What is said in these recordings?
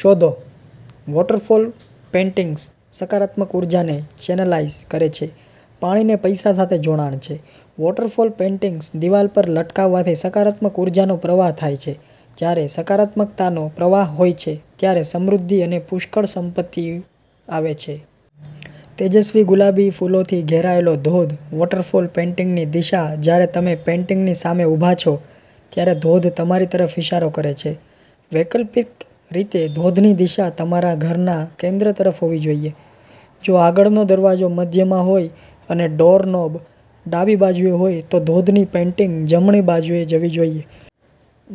શોધો. Waterfall paintings સકારાત્મક ઉર્જાને ચેનલાઇઝ કરે છે પાણીને પૈસા સાથે જોડાણ છે. વોટરફોલ પેઇન્ટિંગ્સ દિવાલ પર લટકાવવાથી સકારાત્મક ઉર્જાનો પ્રવાહ થાય છે. જ્યારે સકારાત્મકતાનો પ્રવાહ હોય છે, ત્યારે સમૃદ્ધિ અને પુષ્કળ સંપત્તિ આવે છે. તેજસ્વી-ગુલાબી ફૂલોથી ઘેરાયેલો ધોધ વોટરફોલ પેઇન્ટિંગની દિશા જ્યારે તમે પેઇન્ટિંગની સામે ઉભા છો, ત્યારે ધોધ તમારી તરફ ઇશારો કરે છે. વૈકલ્પિક રીતે, ધોધની દિશા તમારા ઘરના કેન્દ્ર તરફ હોવી જોઈએ. જો આગળનો દરવાજો મધ્યમાં હોય અને ડોરનોબ ડાબી બાજુએ હોય, તો ધોધની પેઇન્ટિંગ જમણી બાજુએ જવી જોઈએ.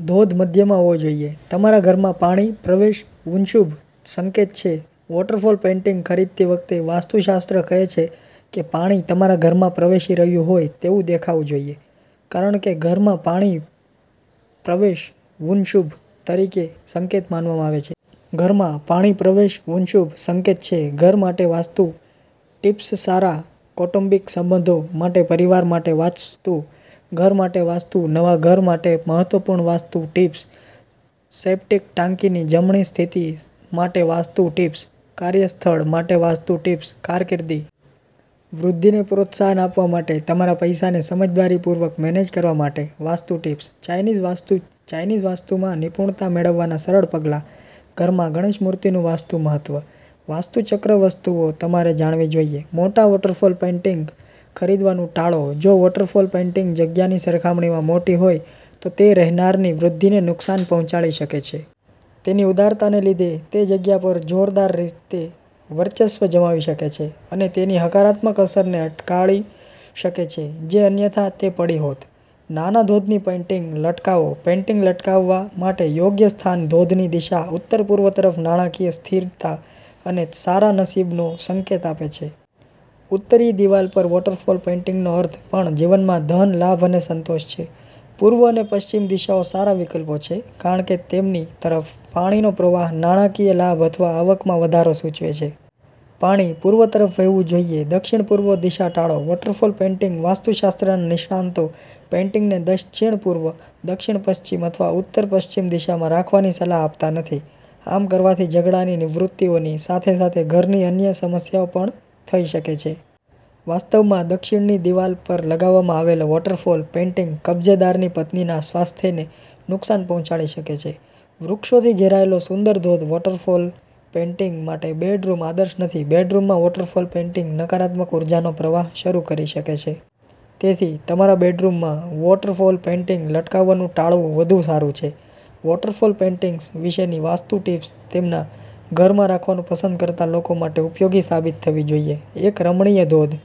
ધોધ મધ્યમાં હોવો જોઈએ તમારા ઘરમાં પાણી પ્રવેશવુંશુભ સંકેત છે વોટરફોલ પેઇન્ટિંગ ખરીદતી વખતે, વાસ્તુશાસ્ત્ર કહે છે કે પાણી તમારા ઘરમાં પ્રવેશી રહ્યું હોય તેવું દેખાવું જોઈએ. કારણ કે ઘરમાં પાણી પ્રવેશવુંશુભ સંકેત માનવામાં આવે છે. ઘરમાં પાણી પ્રવેશવુંશુભ સંકેત છે ઘર માટે વાસ્તુ ટિપ્સસારા કૌટુંબિક સંબંધો માટેપરિવાર માટે વાસ્તુ, ઘર માટે વાસ્તુનવા ઘર માટે મહત્વપૂર્ણ વાસ્તુ ટિપ્સ, સેપ્ટિક ટાંકીની જમણી સ્થિતિ માટે વાસ્તુ ટિપ્સ, કાર્યસ્થળ માટે વાસ્તુ ટિપ્સકારકિર્દી વૃદ્ધિને પ્રોત્સાહન આપવા માટે, તમારા પૈસાને સમજદારીપૂર્વક મેનેજ કરવા માટે વાસ્તુ ટિપ્સ, ચાઈનીઝ વાસ્તુચાઈનીઝ વાસ્તુમાં નિપુણતા મેળવવાના સરળ પગલાં, ઘરમાં ગણેશ મૂર્તિનું વાસ્તુ મહત્વ, વાસ્તુ ચક્રવસ્તુઓ તમારે જાણવી જોઈએ, મોટા વોટરફોલ પેઈન્ટીંગ ખરીદવાનું ટાળો જો વોટરફોલ પેઈન્ટીંગ જગ્યાની સરખામણીમાં મોટી હોય, તો તે રહેનારની વૃદ્ધિને નુકસાન પહોંચાડી શકે છે. તેની ઉદારતાને લીધે, તે જગ્યા પર જોરદાર રીતે વર્ચસ્વ જમાવી શકે છે અને તેની હકારાત્મક અસરને અટકાવી શકે છે જે અન્યથા તે પડી હોત. નાના ધોધની પેઇન્ટિંગ લટકાવો પેઇન્ટિંગ લટકાવવા માટે યોગ્ય સ્થાન ધોધની દિશા ઉત્તર-પૂર્વ તરફ નાણાકીય સ્થિરતા અને સારા નસીબનો સંકેત આપે છે. ઉત્તરીય દિવાલ પર વોટરફોલ પેઈન્ટીંગનો અર્થ પણ જીવનમાં ધન લાભ અને સંતોષ છે. પૂર્વ અને પશ્ચિમ દિશાઓ સારા વિકલ્પો છે, કારણ કે તેમની તરફ પાણીનો પ્રવાહ નાણાકીય લાભ અથવા આવકમાં વધારો સૂચવે છે. પાણી પૂર્વ તરફ વહેવું જોઈએ દક્ષિણ-પૂર્વ દિશા ટાળો વોટરફોલ પેઇન્ટિંગ વાસ્તુશાસ્ત્રના નિષ્ણાતો પેઇન્ટિંગને દક્ષિણપૂર્વ, દક્ષિણપશ્ચિમ અથવા ઉત્તર-પશ્ચિમ દિશામાં રાખવાની સલાહ આપતા નથી. આમ કરવાથી ઝઘડાની વૃત્તિઓની સાથે સાથે ઘરની અન્ય સમસ્યાઓ પણ થઈ શકે છે. વાસ્તવમાં, દક્ષિણની દિવાલ પર લગાવવામાં આવેલ વોટરફોલ પેઇન્ટિંગ કબજેદારની પત્નીના સ્વાસ્થ્યને નુકસાન પહોંચાડી શકે છે. વૃક્ષોથી ઘેરાયેલો સુંદર ધોધ વોટરફોલ પેઈન્ટીંગ માટે બેડરૂમ આદર્શ નથી બેડરૂમમાં વોટરફોલ પેઇન્ટિંગ નકારાત્મક ઉર્જાનો પ્રવાહ શરૂ કરી શકે છે. તેથીતમારા બેડરૂમમાં વોટરફોલ પેઇન્ટિંગ લટકાવવાનું ટાળવું વધુ સારું છે. વોટરફોલ પેઈન્ટિંગ્સ વિશેનીવાસ્તુ ટીપ્સ તેમના ઘરમાં રાખવાનું પસંદ કરતા લોકો માટે ઉપયોગી સાબિત થવી જોઈએ. એક રમણીય ધોધ